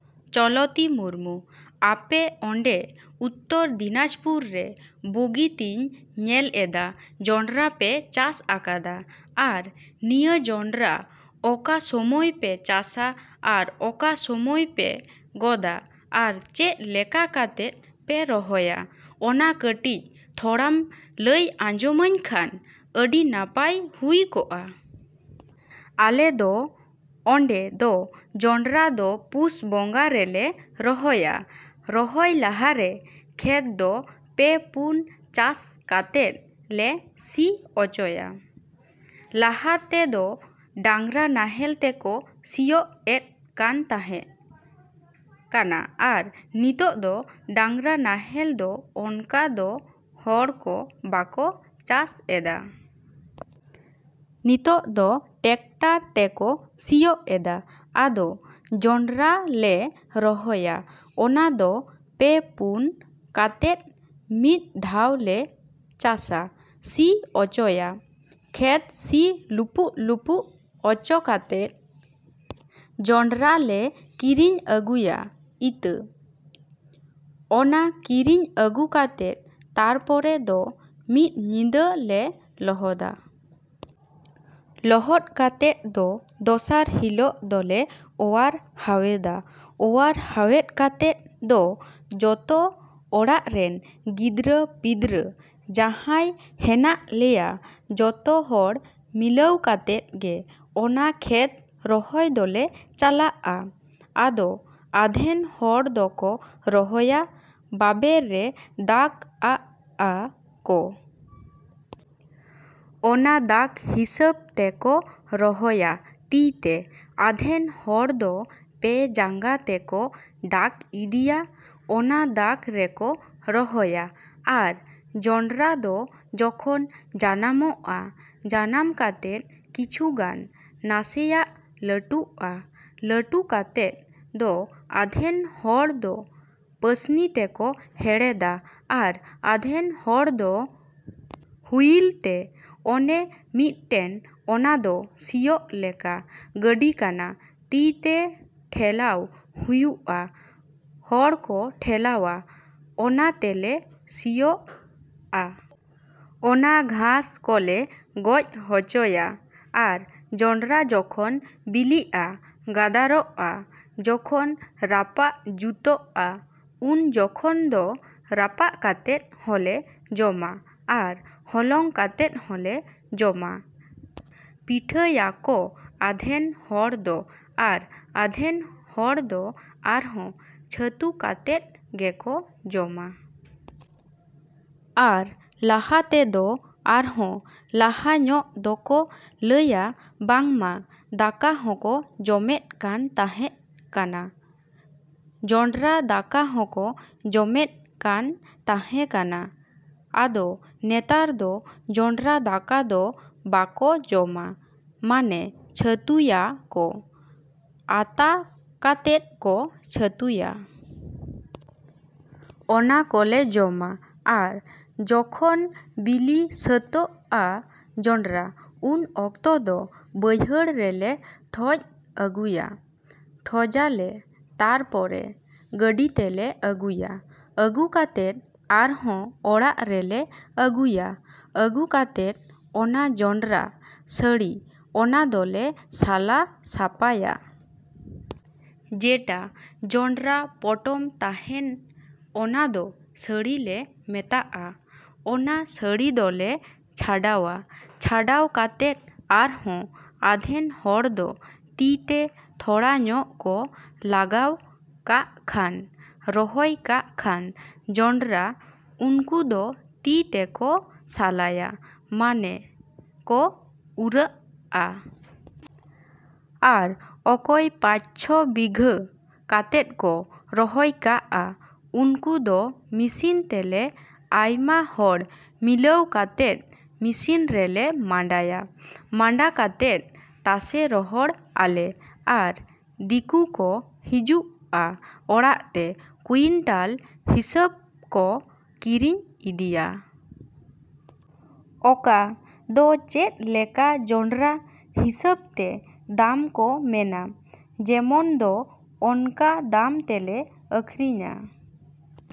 ᱪᱚᱞᱚᱛᱤ ᱢᱩᱨᱢᱩ, ᱟᱯᱮ ᱱᱚᱰᱮ ᱩᱛᱛᱚᱨ ᱫᱤᱱᱟᱡᱯᱩᱨ ᱨᱮ ᱵᱩᱜᱤ ᱛᱮᱧ ᱧᱮᱞ ᱮᱫᱟ ᱡᱚᱸᱰᱨᱟ ᱯᱮ ᱪᱟᱥ ᱟᱠᱟᱫᱟ᱾ ᱟᱨ ᱱᱤᱭᱟᱹ ᱡᱚᱸᱰᱨᱟ ᱚᱠᱟ ᱥᱚᱢᱚᱭ ᱯᱮ ᱪᱟᱥᱟ ᱟᱨ ᱚᱠᱟ ᱥᱚᱢᱚᱭ ᱯᱮ ᱜᱚᱫᱟ ᱟᱨ ᱪᱮᱫ ᱞᱮᱠᱟ ᱠᱟᱛᱮᱫ ᱯᱮ ᱨᱚᱦᱚᱭᱟ, ᱚᱱᱟ ᱠᱟᱹᱴᱤᱡ ᱛᱷᱚᱲᱟᱢ ᱞᱟᱹᱭ ᱟᱡᱚᱢᱟᱹᱧ ᱠᱷᱟᱱ ᱟᱹᱰᱤ ᱱᱟᱯᱟᱭ ᱦᱩᱭ ᱠᱚᱜᱼᱟ᱾ ᱟᱞᱮ ᱫᱚ ᱱᱚᱰᱮ ᱫᱚ ᱡᱚᱸᱰᱨᱟ ᱫᱚ ᱯᱩᱥ ᱵᱚᱸᱜᱟ ᱨᱮᱞᱮ ᱨᱚᱦᱚᱭᱟ᱾ ᱨᱚᱦᱚᱭ ᱞᱟᱦᱟ ᱨᱮ ᱠᱷᱮᱛ ᱫᱚ ᱯᱮ ᱯᱩᱱ ᱪᱟᱥ ᱠᱟᱛᱮᱫ ᱞᱮ ᱥᱤ ᱚᱪᱚᱭᱟ᱾ ᱞᱟᱦᱟ ᱛᱮᱫᱚ ᱰᱟᱝᱨᱟ ᱱᱟᱦᱮᱞ ᱛᱮᱠᱚ ᱥᱤᱭᱚᱜ ᱮᱫ ᱠᱟᱱ ᱛᱟᱦᱮᱸ ᱠᱟᱱᱟ ᱟᱨ ᱱᱤᱛᱚᱜ ᱫᱚ ᱰᱟᱝᱨᱟ ᱱᱟᱦᱮᱞ ᱫᱚ ᱚᱱᱠᱟ ᱫᱚ ᱦᱚᱲ ᱠᱚ ᱵᱟᱠᱚ ᱪᱟᱥ ᱮᱫᱟ᱾ ᱱᱤᱛᱚᱜ ᱫᱚ ᱴᱮᱠᱴᱟᱨ ᱛᱮᱠᱚ ᱥᱤᱭᱚᱜ ᱮᱫᱟ᱾ ᱟᱫᱚ ᱡᱚᱸᱰᱨᱟ ᱞᱮ ᱨᱚᱦᱚᱭᱟ, ᱚᱱᱟ ᱫᱚ ᱯᱮ ᱯᱩᱱ ᱠᱟᱛᱮᱫ ᱢᱤᱫ ᱫᱷᱟᱣ ᱞᱮ ᱪᱟᱥᱟ, ᱥᱤ ᱚᱪᱚᱭᱟ᱾ ᱠᱷᱮᱛ ᱥᱤ ᱞᱩᱯᱩᱜ ᱞᱩᱯᱩᱜ ᱚᱪᱚ ᱠᱟᱛᱮᱫ ᱡᱚᱸᱰᱨᱟ ᱞᱮ ᱠᱤᱨᱤᱧ ᱟᱹᱜᱩᱭᱟ ᱤᱛᱟᱹ᱾ ᱚᱱᱟ ᱠᱤᱨᱤᱧ ᱟᱹᱜᱩ ᱠᱟᱛᱮᱫ ᱛᱟᱨᱯᱚᱨᱮ ᱫᱚ ᱢᱤᱫ ᱧᱤᱫᱟᱹ ᱞᱮ ᱞᱚᱦᱚᱫᱟ᱾ ᱞᱚᱦᱚᱫ ᱠᱟᱛᱮᱫ ᱫᱚ ᱫᱚᱥᱟᱨ ᱦᱤᱞᱳᱜ ᱫᱚᱞᱮ ᱚᱣᱟᱨ ᱦᱟᱭᱮᱫᱟ᱾ ᱚᱣᱟᱨ ᱦᱟᱭᱮᱫ ᱠᱟᱛᱮᱫ ᱫᱚ ᱡᱚᱛᱚ ᱚᱲᱟᱜ ᱨᱮᱱ ᱜᱤᱫᱽᱨᱟᱹ ᱯᱤᱫᱽᱨᱟᱹ ᱡᱟᱦᱟᱸᱭ ᱦᱮᱱᱟᱜ ᱞᱮᱭᱟ, ᱡᱚᱛᱚ ᱦᱚᱲ ᱢᱤᱞᱟᱹᱣ ᱠᱟᱛᱮᱫ ᱜᱮ ᱚᱱᱟ ᱠᱷᱮᱛ ᱨᱚᱦᱚᱭ ᱫᱚᱞᱮ ᱪᱟᱞᱟᱜᱼᱟ᱾ ᱟᱫᱚ ᱟᱫᱷᱮᱱ ᱦᱚᱲ ᱫᱚᱠᱚ ᱨᱚᱦᱚᱭᱟ, ᱵᱟᱵᱮᱨ ᱨᱮ ᱫᱟᱜᱽ ᱟᱜᱼᱟ ᱠᱚ᱾ ᱚᱱᱟ ᱫᱟᱜᱽ ᱦᱤᱥᱟᱹᱵᱽ ᱛᱮᱠᱚ ᱨᱚᱦᱚᱭᱟ ᱛᱤ ᱛᱮ᱾ ᱟᱫᱷᱮᱱ ᱦᱚᱲ ᱫᱚ ᱯᱮ ᱡᱟᱸᱜᱟ ᱛᱮᱠᱚ ᱫᱟᱜᱽ ᱤᱫᱤᱭᱟ, ᱚᱱᱟ ᱫᱟᱜᱽ ᱨᱮᱠᱚ ᱨᱚᱦᱚᱭᱟ᱾ ᱟᱨ ᱡᱚᱸᱰᱨᱟ ᱫᱚ ᱡᱚᱠᱷᱚᱱ ᱡᱟᱱᱟᱢᱚᱜᱼᱟ, ᱡᱟᱱᱟᱢ ᱠᱟᱛᱮᱫ ᱠᱤᱪᱷᱩ ᱜᱟᱱ ᱱᱟᱥᱮᱭᱟᱜ ᱞᱟᱹᱴᱩᱜᱼᱟ᱾ ᱞᱟᱹᱴᱩ ᱠᱟᱛᱮᱫ ᱫᱚ ᱟᱫᱷᱮᱱ ᱦᱚᱲ ᱫᱚ ᱯᱟᱹᱥᱱᱤ ᱛᱮᱠᱚ ᱦᱮᱲᱦᱮᱫᱟ ᱟᱨ ᱟᱫᱷᱮᱱ ᱦᱚᱲ ᱫᱚ ᱦᱩᱭᱤᱞ ᱛᱮ, ᱚᱱᱮ ᱢᱚᱫᱴᱮᱱ ᱚᱱᱟ ᱫᱚ ᱥᱤᱭᱚᱜ ᱞᱮᱠᱟ ᱜᱟᱹᱰᱤ ᱠᱟᱱᱟ, ᱛᱤ ᱛᱮ ᱴᱷᱮᱞᱟᱣ ᱦᱩᱭᱩᱜᱼᱟ, ᱦᱚᱲ ᱠᱚ ᱴᱷᱮᱞᱟᱣᱟ, ᱚᱱᱟ ᱛᱮᱞᱮ ᱥᱤᱭᱚᱜᱟ᱾ ᱚᱱᱟ ᱜᱷᱟᱥ ᱠᱚᱞᱮ ᱜᱚᱡ ᱦᱚᱪᱚᱭᱟ᱾ ᱟᱨ ᱡᱚᱸᱰᱨᱟ ᱡᱚᱠᱷᱚᱱ ᱵᱤᱞᱤᱜᱼᱟ, ᱜᱟᱫᱟᱨᱚᱜᱼᱟ, ᱡᱚᱠᱷᱚᱱ ᱨᱟᱯᱟᱜ ᱡᱩᱛᱩᱜᱼᱟ, ᱩᱱ ᱡᱩᱠᱷᱚᱱ ᱫᱚ ᱨᱟᱯᱟᱜ ᱠᱟᱛᱮᱫ ᱦᱚᱸᱞᱮ ᱡᱚᱢᱟ ᱟᱨ ᱦᱚᱞᱚᱝ ᱠᱟᱛᱮᱫ ᱦᱚᱸᱞᱮ ᱡᱚᱢᱟ᱾ ᱯᱤᱴᱷᱟᱹᱭᱟ ᱠᱚ ᱟᱫᱷᱮᱱ ᱦᱚᱲ ᱫᱚ ᱟᱨ ᱟᱫᱷᱮᱱ ᱦᱚᱲ ᱫᱚ ᱟᱨᱦᱚᱸ ᱪᱷᱟᱹᱛᱩ ᱠᱟᱛᱮᱫ ᱜᱮᱠᱚ ᱡᱚᱢᱟ᱾ ᱟᱨ ᱞᱟᱦᱟ ᱛᱮᱫᱚ ᱟᱨᱦᱚᱸ ᱞᱟᱦᱟ ᱧᱚᱜ ᱫᱚᱠᱚ ᱞᱟᱹᱭᱟ ᱵᱟᱝᱢᱟ ᱫᱟᱠᱟ ᱦᱚᱸᱠᱚ ᱡᱚᱢᱮᱫ ᱠᱟᱱ ᱛᱟᱦᱮᱸ ᱠᱟᱱᱟ, ᱡᱚᱸᱰᱨᱟ ᱫᱟᱠᱟ ᱦᱚᱸᱠᱚ ᱡᱚᱢᱮᱫ ᱠᱟᱱ ᱛᱟᱦᱮᱸ ᱠᱟᱱᱟ᱾ ᱟᱫᱚ ᱱᱮᱛᱟᱨ ᱫᱚ ᱡᱚᱸᱰᱨᱟ ᱫᱟᱠᱟ ᱫᱚ ᱵᱟᱠᱚ ᱡᱚᱢᱟ, ᱢᱟᱱᱮ ᱪᱷᱟᱹᱛᱩᱭᱟ ᱠᱚ, ᱟᱛᱟ ᱠᱟᱛᱮᱫ ᱠᱚ ᱪᱷᱟᱹᱛᱩᱭᱟ᱾ ᱚᱱᱟ ᱠᱚᱞᱮ ᱡᱚᱢᱟ᱾ ᱟᱨ ᱡᱚᱠᱷᱚᱱ ᱵᱤᱞᱤ ᱥᱟᱹᱛᱟᱹᱜᱼᱟ ᱡᱚᱸᱰᱨᱟ, ᱩᱱ ᱚᱠᱛᱚ ᱫᱚ ᱵᱟᱹᱭᱦᱟᱹᱲ ᱨᱮᱞᱮ ᱴᱷᱚᱡ ᱟᱹᱜᱩᱭᱟ, ᱴᱷᱚᱡᱟ ᱞᱮ᱾ ᱛᱟᱨᱯᱚᱨᱮ ᱜᱟᱹᱰᱤ ᱛᱮᱞᱮ ᱟᱹᱜᱩᱭᱟ᱾ ᱟᱹᱜᱩ ᱠᱟᱛᱮᱫ ᱫᱚ ᱟᱨᱦᱚᱸ ᱚᱲᱟᱜ ᱨᱮᱞᱮ ᱟᱹᱜᱩᱭᱟ᱾ ᱟᱹᱜᱩ ᱠᱟᱛᱮᱫ ᱚᱱᱟ ᱡᱚᱸᱰᱨᱟ ᱥᱟᱺᱲᱤ, ᱚᱱᱟ ᱫᱚᱞᱮ ᱥᱟᱞᱟ ᱥᱟᱯᱟᱭᱟ᱾ ᱡᱮᱴᱟ ᱡᱚᱸᱰᱨᱟ ᱯᱚᱴᱚᱢ ᱛᱟᱦᱮᱱ ᱚᱱᱟ ᱫᱚ ᱥᱟᱺᱲᱤ ᱞᱮ ᱢᱮᱛᱟᱜᱼᱟ᱾ ᱚᱱᱟ ᱥᱟᱺᱲᱤ ᱫᱚᱞᱮ ᱪᱷᱟᱰᱟᱣᱟ᱾ ᱪᱷᱟᱰᱟᱣ ᱠᱟᱛᱮᱫ ᱟᱨᱦᱚᱸ ᱟᱫᱷᱮᱱ ᱦᱚᱲ ᱫᱚ ᱛᱤ ᱛᱮ ᱛᱷᱚᱲᱟ ᱧᱚᱜ ᱠᱚ ᱞᱟᱜᱟᱣ ᱠᱟᱜ ᱠᱷᱟᱱ, ᱨᱚᱦᱚᱭ ᱠᱟᱜ ᱠᱷᱟᱱ ᱡᱚᱸᱰᱨᱟ, ᱩᱱᱠᱩ ᱫᱚ ᱛᱤ ᱛᱮᱠᱚ ᱥᱟᱞᱟᱭᱟ, ᱢᱟᱱᱮ ᱠᱚ ᱩᱨᱟᱹᱜᱼᱟ᱾ ᱟᱨ ᱚᱠᱚᱭ ᱯᱟᱸᱪ ᱪᱷᱚ ᱵᱤᱜᱷᱟᱹ ᱠᱟᱛᱮᱫ ᱠᱚ ᱨᱚᱦᱚᱭ ᱠᱟᱜᱼᱟ, ᱩᱱᱠᱩ ᱫᱚ ᱢᱤᱥᱤᱱ ᱛᱮᱞᱮ, ᱟᱭᱢᱟ ᱦᱚᱲ ᱢᱤᱞᱟᱹᱣ ᱠᱟᱛᱮᱫ ᱢᱤᱥᱤᱱ ᱨᱮᱞᱮ ᱢᱟᱰᱟᱭᱟ᱾ ᱢᱟᱰᱟ ᱠᱟᱛᱮᱫ ᱛᱟᱥᱮ ᱨᱚᱦᱚᱲ ᱟᱞᱮ᱾ ᱟᱨ ᱫᱤᱠᱩ ᱠᱚ ᱦᱤᱡᱩᱜᱼᱟ ᱚᱲᱟᱜ ᱛᱮ, ᱠᱩᱭᱤᱱᱴᱟᱞ ᱦᱤᱥᱟᱹᱵᱽ ᱠᱚ ᱠᱤᱨᱤᱧ ᱤᱫᱤᱭᱟ᱾ ᱚᱠᱟ ᱫᱚ ᱪᱮᱫ ᱞᱮᱠᱟ ᱡᱚᱸᱰᱨᱟ ᱦᱤᱥᱟᱹᱵᱽ ᱛᱮ ᱫᱟᱢ ᱠᱚ ᱢᱮᱱᱟ, ᱡᱮᱢᱚᱱ ᱫᱚ, ᱚᱱᱠᱟ ᱫᱟᱢ ᱛᱮᱞᱮ ᱟᱹᱠᱷᱨᱤᱧᱟ᱾।